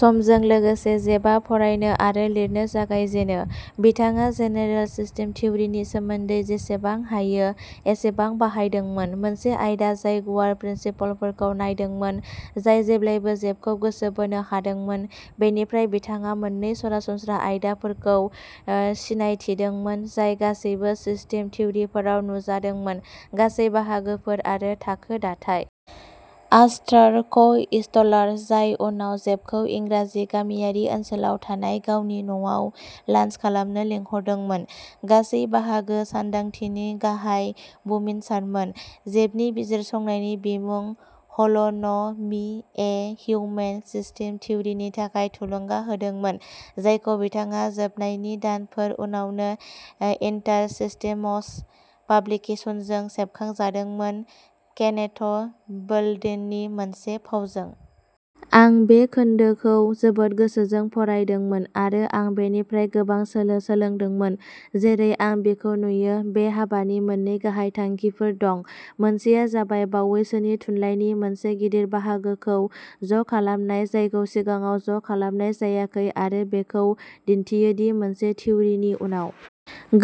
समजों लोगोसे, जेफआ फरायनो आरो लिरनो जागायजेनो। बिथाङा जेनेरेल सिस्टेम थिउरिनि सोमोन्दै जेसेबां हायो एसेबां बाहायदोंमोन, मोनसे आयदा जाय गुवार प्रिन्सिपलफोरखौ नायदोंमोन, जाय जेब्लाबो जेफखौ गोसो बोनो हादोंमोन। बेनिफ्राय, बिथाङा मोन्नै सरासनस्रा आयदाफोरखौ सिनायथिदोंमोन जाय गासैबो सिस्टेम थिउरिफोराव नुजादोंमोनः गासै-बाहागोफोर आरो थाखो दाथाय। आर्थार क'इस्टलार, जाय उनाव जेफखौ इंराजि गामियारि ओनसोलाव थानाय गावनि न'आव लान्स खालामनो लिंहरदोंमोन, गासै-बाहागो सानदांथिनि गाहाय बुमिनसारमोन, जेफनि बिजिरसंनायनि बिमुं, हल'न'मिः ए हिउमेन सिस्टम थिउरिनि थाखाय थुलुंगा होदोंमोन, जायखौ बिथाङा फोजोबनायनि दानफोर उनावनो इन्टारसिस्टेमस पाब्लिकेशनजों सेबखांजादोंमोन, केनेथ बोल्डिंनि मोनसे फावजों। आं बे खोन्दोखौ जोबोद गोसोजों फरायदोंमोन, आरो आं बेनिफ्राय गोबां सोलो सोलोंदोंमोन। जेरै आं बेखौ नुयो, बे हाबानि मोननै गाहाय थांखिफोर दं। मोनसेया जाबाय बावैसोनि थुनलाइनि मोनसे गिदिर बाहागोखौ ज'खालामनाय, जायखौ सिगाङाव ज'खालामनाय जायाखै आरो बेखौ दिन्थियो दि, मोनसे थिउरिनि उनाव।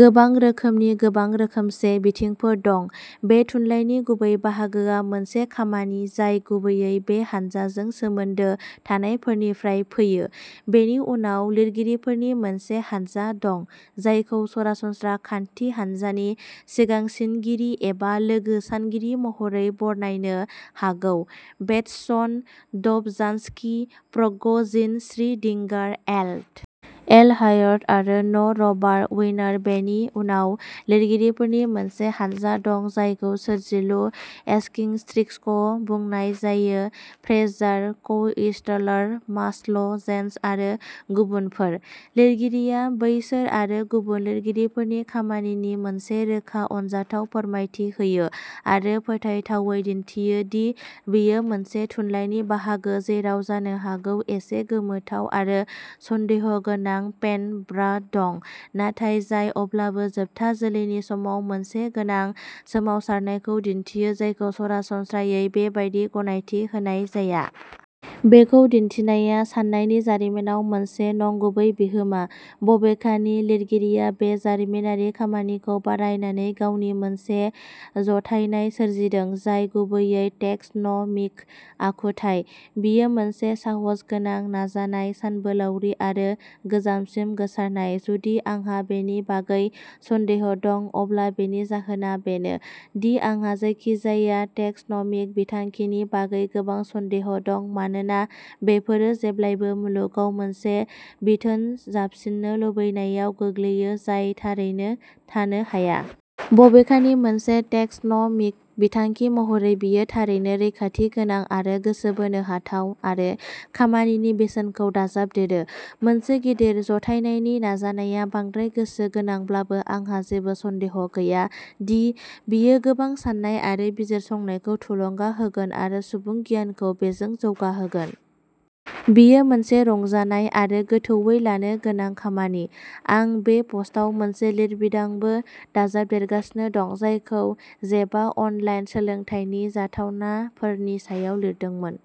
गोबां रोखोमनि, गोबां रोखोमसे बिथिंफोर दं। बे थुनलाइनि गुबै बाहागोआ मोनसे खामानि, जाय गुबैयै बे हानजाजों सोमोन्दो थानायफोरनिफ्राय फैयो। बेनि उनाव लिरगिरिफोरनि मोनसे हानजा दं, जायखौ सरासनस्रा खान्थि हान्जानि सिगांसिनगिरि एबा'लोगो सानगिरि'महरै बरनायनो हागौ-बेटसन, Dobzhansky, Prigogine, Schrodinger, L. L. Whyte, आरो न'रबार वीनार। बेनि उनाव लिरगिरिफोरनि मोनसे हानजा दं, जायखौ'सोरजिलु एक्सेंट्रिक्स'बुंनाय जायो-फ्रेजार, क'इस्टलार, मास्ल ', जेन्स आरो गुबुनफोर। लिरगिरिया बैसोर आरो गुबुन लिरगिरिफोरनि खामानिनि मोनसे रोखा, अनजाथाव फोरमायथि होयो, आरो फोथायथावै दिन्थियो दि बेयो मोनसे थुनलायनि बाहागो, जेराव जानो हागौ एसे गोमोथाव आरो सन्देहगोनां पेनम्ब्रा दं, नाथाय जाय अब्लाबो जोबथा जोलैनि समाव मोनसे गोनां सोमावसारनायखौ दिन्थियो, जायखौ सरासनस्रायै बेबादि गनायथि होनाय जाया। बेखौ दिन्थिनाया साननायनि जारिमिनाव मोनसे नंगुबै बिहोमा। बबेखानि, लिरगिरिया बे जारिमिनारि खामानिखौ बारायनानै गावनि मोनसे जथायनाय सोरजिदों, जाय गुबैयै टेक्स'न'मिक आखुथाइ। बेयो मोनसे साहसगोनां नाजानाय, सानबोलावरि आरो गोजानसिम गोसारनाय। जुदि आंहा बेनि बागै सन्देह दं, अब्ला बेनि जाहोना बेनो दि आंहा जायखिजाया टेक्स'न'मिक बिथांखिनि बागै गोबां सन्देह दं, मानोना बेफोरो जेब्लाबो मुलुगआव मोनसे बिथोन जाबसिननो लुबैनायाव गोग्लैयो, जाय थारैनो थानो हाया। बबेखानि, मोनसे टेक्स'न'मिक बिथांखि महरै बेयो थारैनो रैखाथि गोनां आरो गोसो बोनो हाथाव, आरो खामानिनि बेसेनखौ दाजाबदेरो। मोनसे गिदिर जथायनायनि नाजानाया बांद्राय गोसो गोनांब्लाबो, आंहा जेबो सन्देह गैया दि बेयो गोबां साननाय आरो बिजिरसंनायखौ थुलुंगा होगोन आरो सुबुं गियानखौ बेजों जौगाहोगोन। बेयो मोनसे रंजानाय आरो गोथौवै लानो गोनां खामानि। आं बे पस्टआव मोनसे लिरबिदांबो दाजाबदेरगासिनो दं, जायखौ जेफआ अनलाइन सोलोंथाइनि जाथावनाफोरनि सायाव लिरदोंमोन।